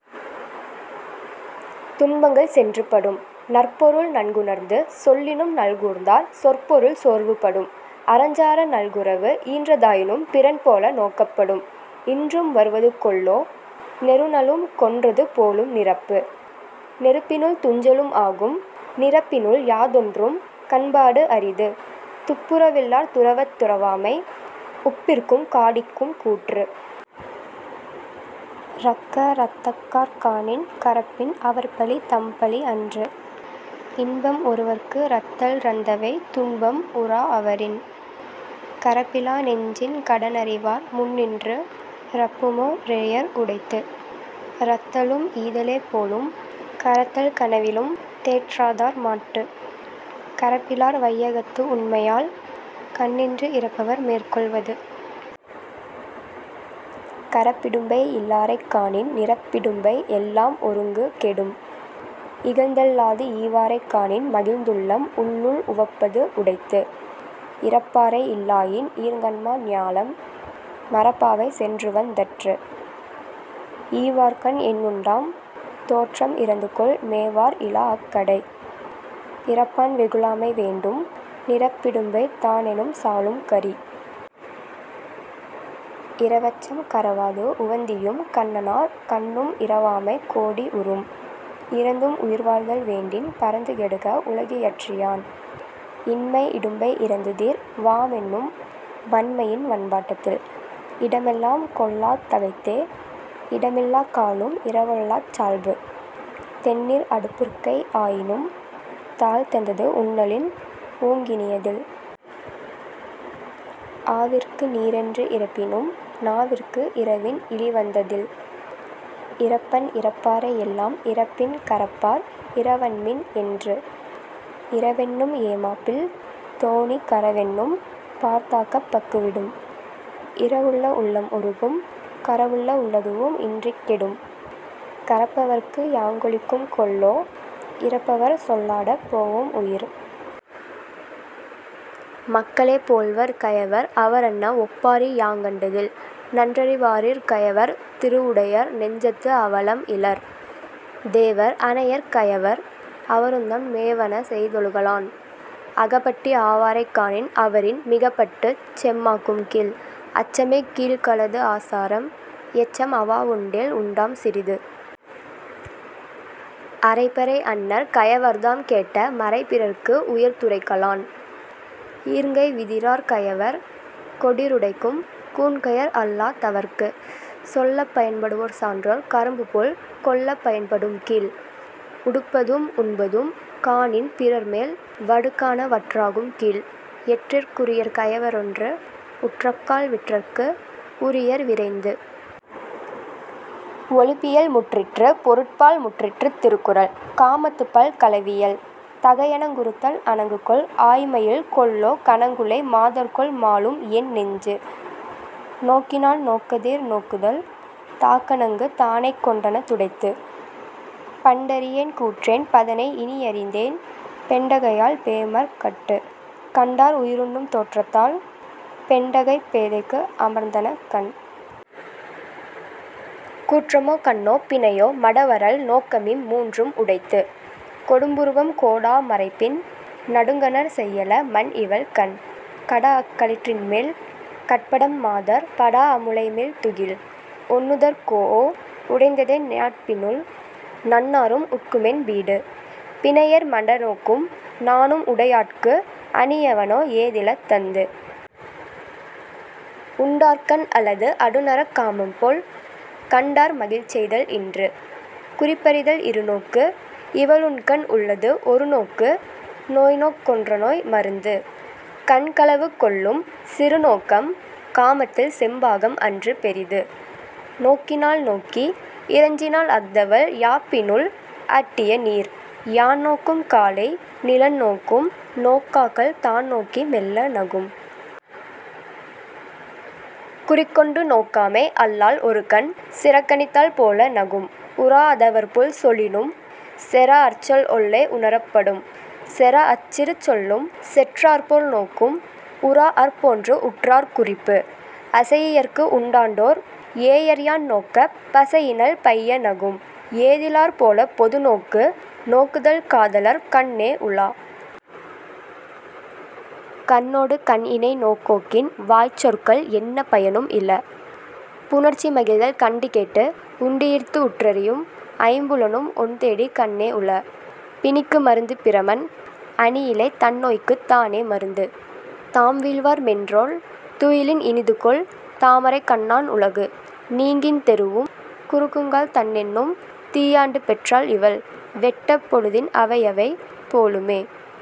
துன்பங்கள் சென்று படும். நற்பொருள் நன்குணர்ந்து சொல்லினும் நல்கூர்ந்தார் சொற்பொருள் சோர்வு படும். அறஞ்சாரா நல்குரவு ஈன்றதா யானும் பிறன்போல நோக்கப் படும். இன்றும் வருவது கொல்லோ நெருநலும் கொன்றது போலும் நிரப்பு. நெருப்பினுள் துஞ்சலும் ஆகும் நிரப்பினுள் யாதொன்றும் கண்பாடு அரிது. துப்புர வில்லார் துவரத் துறவாமை உப்பிற்கும் காடிக்கும் கூற்று. ரக்க ரத்தக்கார்க் காணின் கரப்பின் அவர்பழி தம்பழி அன்று. இன்பம் ஒருவற்கு ரத்தல் ரந்தவை துன்பம் உறாஅ வரின். கரப்பிலா நெஞ்சின் கடனறிவார் முன்நின்று ரப்புமோ ரேஎர் உடைத்து. ரத்தலும் ஈதலே போலும் கரத்தல் கனவிலும் தேற்றாதார் மாட்டு. கரப்பிலார் வையகத்து உண்மையால் கண்ணின்று இரப்பவர் மேற்கொள் வது. கரப்பிடும்பை யில்லாரைக் காணின் நிரப்பிடும்பை எல்லாம் ஒருங்கு கெடும். இகழ்ந்தெள்ளாது ஈவாரைக் காணின் மகிழ்ந்துள்ளம் உள்ளுள் உவப்பது உடைத்து. இரப்பாரை இல்லாயின் ஈர்ங்கண்மா ஞாலம் மரப்பாவை சென்றுவந் தற்று. ஈவார்கண் என்னுண்டாம் தோற்றம் இரந்துகோள் மேவார் இலாஅக் கடை. இரப்பான் வெகுளாமை வேண்டும் நிரப்பிடும்பை தானனம் சாலும் கரி. இரவச்சம் கரவாது உவந்தீயும் கண்ணன்னார் கண்ணும் இரவாமை கோடி உறும். இரந்தும் உயிர்வாழ்தல் வேண்டின் பரந்து கெடுக உலகியற்றி யான். இன்மை இடும்பை இரந்துதீர் வாமென்னும் வன்மையின் வன்பாட்ட தில். இடமெல்லாம் கொள்ளாத் தகைத்தே இடமில்லாக் காலும் இரவொல்லாச் சால்பு. தெண்ணீர் அடுபுற்கை ஆயினும் தாள்தந்தது உண்ணலின் ஊங்கினிய தில். ஆவிற்கு நீரென்று இரப்பினும் நாவிற்கு இரவின் இளிவந்த தில். இரப்பன் இரப்பாரை எல்லாம் இரப்பின் கரப்பார் இரவன்மின் என்று. இரவென்னும் ஏமாப்பில் தோணி கரவென்னும் பார்தாக்கப் பக்கு விடும். இரவுள்ள உள்ளம் உருகும் கரவுள்ள உள்ளதூஉம் இன்றிக் கெடும். கரப்பவர்க்கு யாங்கொளிக்கும் கொல்லோ இரப்பவர் சொல்லாடப் போஒம் உயிர். மக்களே போல்வர் கயவர் அவரன்ன ஒப்பாரி யாங்கண்ட தில். நன்றறி வாரிற் கயவர் திருவுடையர் நெஞ்சத்து அவலம் இலர். தேவர் அனையர் கயவர் அவருந்தாம் மேவன செய்தொழுக லான். அகப்பட்டி ஆவாரைக் காணின் அவரின் மிகப்பட்டுச் செம்மாக்கும் கீழ். அச்சமே கீழ்களது ஆசாரம் எச்சம் அவாவுண்டேல் உண்டாம் சிறிது. அறைபறை அன்னர் கயவர்தாம் கேட்ட மறைபிறர்க்கு உய்த்துரைக்க லான். ஈர்ங்கை விதிரார் கயவர் கொடிறுடைக்கும் கூன்கையர் அல்லா தவர்க்கு. சொல்லப் பயன்படுவர் சான்றோர் கரும்புபோல் கொல்லப் பயன்படும் கீழ். உடுப்பதூஉம் உண்பதூஉம் காணின் பிறர்மேல் வடுக்காண வற்றாகும் கீழ். எற்றிற் குரியர் கயவரொன்று உற்றக்கால் விற்றற்கு உரியர் விரைந்து. ஒழிபியல் முற்றிற்று பொருட்பால் முற்றிற்று திருக்குறள். காமத்துப்பால் களவியல். தகையணங்குறுத்தல் அணங்குகொல் ஆய்மயில் கொல்லோ கனங்குழை மாதர்கொல் மாலும் என் நெஞ்சு. நோக்கினாள் நோக்கெதிர் நோக்குதல் தாக்கணங்கு தானைக்கொண் டன்ன துடைத்து. பண்டறியேன் கூற்றென் பதனை இனியறிந்தேன் பெண்டகையால் பேமர்க் கட்டு. கண்டார் உயிருண்ணும் தோற்றத்தால் பெண்டகைப் பேதைக்கு அமர்த்தன கண். கூற்றமோ கண்ணோ பிணையோ மடவரல் நோக்கமிம் மூன்றும் உடைத்து. கொடும்புருவம் கோடா மறைப்பின் நடுங்கஞர் செய்யல மன்இவள் கண். கடாஅக் களிற்றின்மேற் கட்படாம் மாதர் படாஅ முலைமேல் துகில். ஒண்ணுதற் கோஒ உடைந்ததே ஞாட்பினுள் நண்ணாரும் உட்குமென் பீடு. பிணையேர் மடநோக்கும் நாணும் உடையாட்கு அணியெவனோ ஏதில தந்து. உண்டார்கண் அல்லது அடுநறாக் காமம்போல் கண்டார் மகிழ்செய்தல் இன்று.. குறிப்பறிதல் இருநோக்கு இவளுண்கண் உள்ளது ஒருநோக்கு நோய்நோக்கொன் றந்நோய் மருந்து. கண்களவு கொள்ளும் சிறுநோக்கம் காமத்தில் செம்பாகம் அன்று பெரிது. நோக்கினாள் நோக்கி இறைஞ்சினாள் அஃதவள் யாப்பினுள் அட்டிய நீர். யான்நோக்கும் காலை நிலன்நோக்கும் நோக்காக்கால் தான்நோக்கி மெல்ல நகும். குறிக்கொண்டு நோக்காமை அல்லால் ஒருகண் சிறக்கணித்தாள் போல நகும் உறாஅ தவர்போல் சொலினும் செறாஅர்சொல் ஒல்லை உணரப் படும். செறாஅச் சிறுசொல்லும் செற்றார்போல் நோக்கும் உறாஅர்போன்று உற்றார் குறிப்பு. அசையியற்கு உண்டாண்டோ ர் ஏஎர்யான் நோக்கப் பசையினள் பைய நகும். ஏதிலார் போலப் பொதுநோக்கு நோக்குதல் காதலார் கண்ணோ உள. கண்ணொடு கண்இணை நோக்கொக்கின் வாய்ச்சொற்கள் என்ன பயனும் இல.. புணர்ச்சிமகிழ்தல் கண்டுகேட்டு உண்டுயிர்த்து உற்றறியும் ஐம்புலனும் ஒண்தொடி கண்ணே உள. பிணிக்கு மருந்து பிறமன் அணியிழை தன்நோய்க்குத் தானே மருந்து. தாம்வீழ்வார் மென்றோள் துயிலின் இனிதுகொல் தாமரைக் கண்ணான் உலகு. நீங்கின் தெறூஉம் குறுகுங்கால் தண்ணென்னும் தீயாண்டுப் பெற்றாள் இவள்? வேட் ட பொழுதின் அவையவை போலுமே।